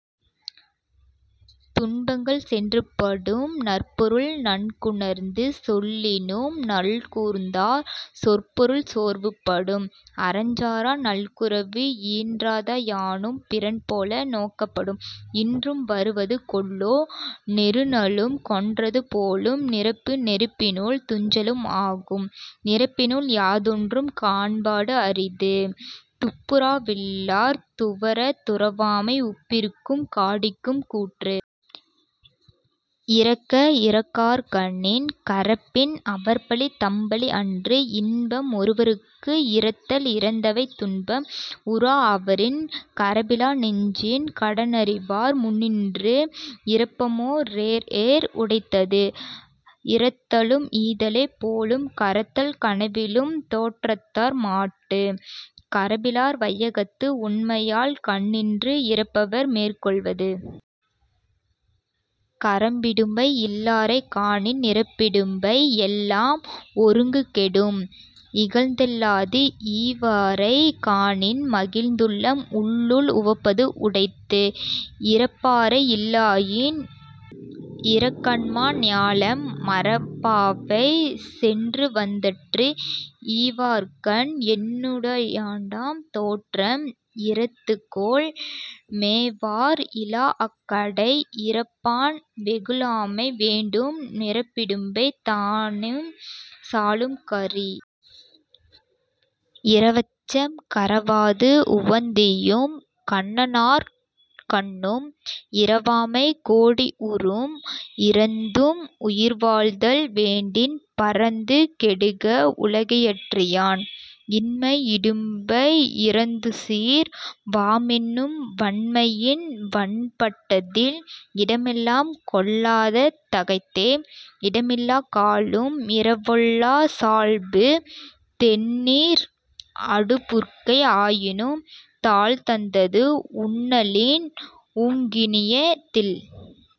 துன்பங்கள் சென்று படும். நற்பொருள் நன்குணர்ந்து சொல்லினும் நல்கூர்ந்தார் சொற்பொருள் சோர்வு படும். அறஞ்சாரா நல்குரவு ஈன்றதா யானும் பிறன்போல நோக்கப் படும். இன்றும் வருவது கொல்லோ நெருநலும் கொன்றது போலும் நிரப்பு. நெருப்பினுள் துஞ்சலும் ஆகும் நிரப்பினுள் யாதொன்றும் கண்பாடு அரிது. துப்புர வில்லார் துவரத் துறவாமை உப்பிற்கும் காடிக்கும் கூற்று. இரக்க இரத்தக்கார்க் காணின் கரப்பின் அவர்பழி தம்பழி அன்று. இன்பம் ஒருவற்கு இரத்தல் இரந்தவை துன்பம் உறாஅ வரின். கரப்பிலா நெஞ்சின் கடனறிவார் முன்நின்று இரப்புமோ ரேஎர் உடைத்தது. இரத்தலும் ஈதலே போலும் கரத்தல் கனவிலும் தேற்றாதார் மாட்டு. கரப்பிலார் வையகத்து உண்மையால் கண்ணின்று இரப்பவர் மேற்கொள் வது. கரப்பிடும்பை யில்லாரைக் காணின் நிரப்பிடும்பை எல்லாம் ஒருங்கு கெடும். இகழ்ந்தெள்ளாது ஈவாரைக் காணின் மகிழ்ந்துள்ளம் உள்ளுள் உவப்பது உடைத்து. இரப்பாரை இல்லாயின் ஈர்ங்கண்மா ஞாலம் மரப்பாவை சென்றுவந் தற்று. ஈவார்கண் என்னுடாயாம் தோற்றம் இரந்துகோள் மேவார் இலாஅக் கடை. இரப்பான் வெகுளாமை வேண்டும் நிரப்பிடும்பை தானேயும் சாலும் கரி. இரவச்சம் கரவாது உவந்தீயும் கண்ணன்னார் கண்ணும் இரவாமை கோடி உறும். இரந்தும் உயிர்வாழ்தல் வேண்டின் பரந்து கெடுக உலகியற்றி யான். இன்மை இடும்பை இரந்துதீர் வாமென்னும் வன்மையின் வன்பாட்ட தில். இடமெல்லாம் கொள்ளாத தகைத்தே இடமில்லாக் காலும் இரவொல்லாச் சால்பு. தெண்ணீர் அடுபுற்கை ஆயினும் தாள்தந்தது உண்ணலின் ஊங்கினிய தில்.